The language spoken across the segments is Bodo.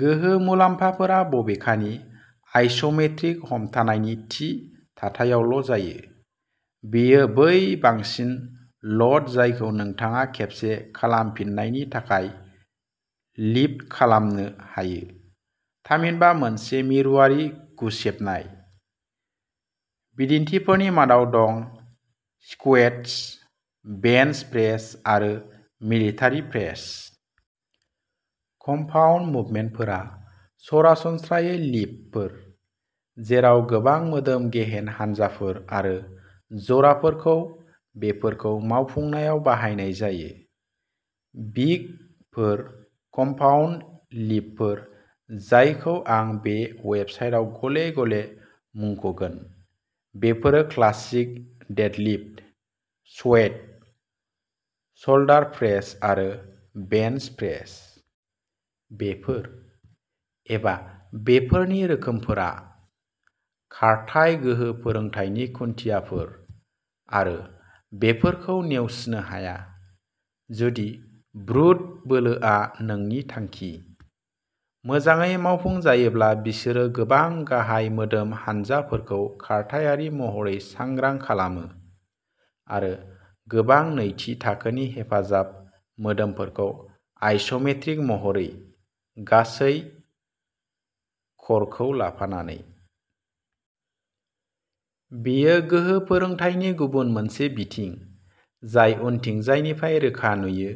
गोहो मुलाम्फाफोरा बबेखानि आइस'मेट्रिक हमथानायनि थि थाथायावल' जायो। बेयो बै बांसिन ल'ड जायखौ नोंथाङा खेबसे खालामफिननायनि थाखाय लिफ्ट खालामनो हायो, थामहिनबा मोनसे मिरुआरि गुसेबनाय। बिदिन्थिफोरनि मादाव दं स्क्वेट्स, बेन्च प्रेस आरो मिलिटारि प्रेस। कम्पाउन्ड मुभमेन्टफोरा सरासनस्रायै लिफ्टफोर, जेराव गोबां मोदोम गेहेन हानजाफोर आरो जराफोरखौ बेफोरखौ मावफुंनायाव बाहायनाय जायो। बिग फोर कम्पाउन्ड लिफ्टफोर जायखौ आं बे वेबसाइटआव गले गले मुंखगोन बेफोरो classic deadlift, squat, shoulder press आरो बेन्च प्रेस। बेफोर, एबा बेफोरनि रोखोमफोरा, खारथाइ गोहो फोरोंथायनि खुन्थियाफोर, आरो बेफोरखौ नेवसिनो हाया। जुदि ब्रुट बोलोआ नोंनि थांखि। मोजाङै मावफुंजायोब्ला, बिसोरो गोबां गाहाय मोदोम हानजाफोरखौ खारथायारि महरै सांग्रां खालामो, आरो गोबां नैथि थाखोनि हेफाजाब मोदोमफोरखौ आइस'मेट्रिक महरै, गासै क'रखौ लाफानानै। बेयो गोहो फोरोंथायनि गुबुन मोनसे बिथिं जाय उनथिंजायनिफ्राय रोखा नुयो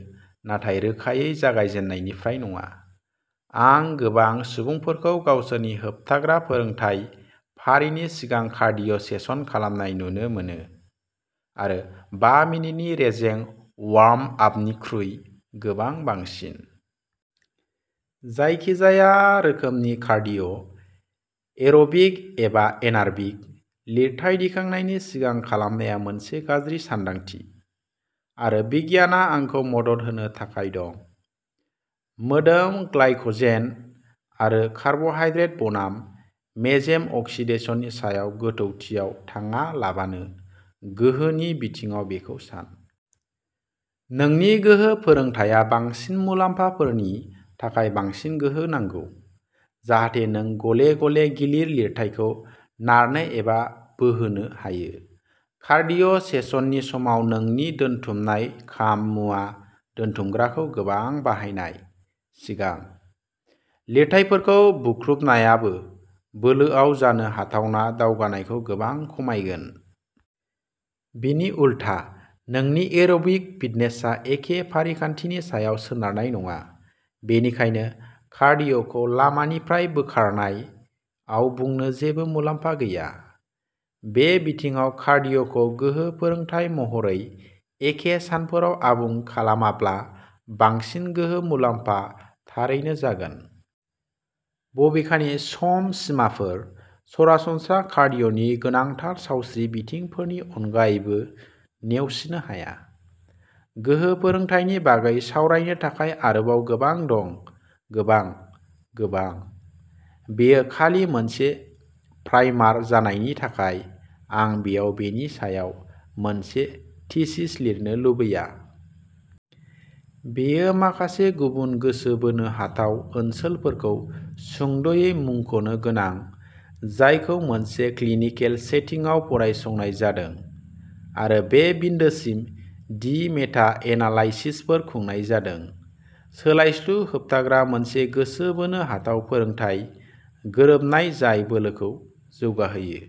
नाथाय रोखायै जागायजेननायनिफ्राय नङा। आं गोबां सुबुंफोरखौ गावसोरनि होबथाग्रा फोरोंथाय फारिनि सिगां कार्डिय' सेसन खालामनाय नुनो मोनो, आरो बा मिनिटनि रेजें वार्मआपनिख्रुइ गोबां बांसिन। जायखिजाया रोखोमनि कार्डिय', एरबिक एबा एनारबिक, लिरथाय दिखांनायनि सिगां खालामनाया मोनसे गाज्रि सानदांथि, आरो बिगियानआ आंखौ मदद होनो थाखाय दं। मोदोम ग्लाइक'जेन आरो कार्ब'हाइड्रेट बनाम मेजेम अक्सिडेशननि सायाव गोथौथियाव थाङालाबानो, गोहोनि बिथिङाव बेखौ सान। नोंनि गोहो फोरोंथाया बांसिन मुलाम्फाफोरनि थाखाय बांसिन गोहो नांगौ, जाहाथे नों गले गले गिलिर लिरथायखौ नारनो एबा बोहोनो हायो। कार्डिय' सेसननि समाव नोंनि दोनथुमनाय खाम मुवा दोनथुमग्राखौ गोबां बाहायनाय, सिगां। लिरथायफोरखौ बुख्रुबनायाबो, बोलोआव जानो हाथावना दावगानायखौ गोबां खमायगोन। बिनि उलथा, नोंनि एरबिक फिटनेसआ एखे फारिखान्थिनि सायाव सोनारनाय नङा, बेनिखायनो "कार्डिय'खौ लामानिफ्राय बोखारनाय" आव बुंनो जेबो मुलाम्फा गैया। बे बिथिङाव, कार्डिय'खौ गोहो फोरोंथाय महरै एखे सानफोराव आबुं खालामाब्ला बांसिन गोहो मुलाम्फा थारैनो जागोन। बबेखानि, सम सिमाफोर, सरासनस्रा कार्डिय'नि गोनांथार सावस्रि बिथिंफोरनि अनगायैबो नेवसिनो हाया। गोहो फोरोंथायनि बागै सावरायनो थाखाय आरोबाव गोबां दं गोबां, गोबां। बेयो खालि मोनसे प्राइमार जानायनि थाखाय, आं बेयाव बेनि सायाव मोनसे थीसिस लिरनो लुबैया। बेयो माखासे गुबुन गोसो बोनो हाथाव ओनसोलफोरखौ सुंद'यै मुंख'नो गोनां जायखौ मोनसे क्लिनिकेल सेटिंआव फरायसंनाय जादों, आरो बे बिन्दोसिम दि मेटा एनालाइसिसफोर खुंनाय जादों। सोलायस्लु होबथाग्रा मोनसे गोसो बोनो हाथाव फोरोंथाय गोरोबनाय जाय बोलोखौ जौगाहोयो।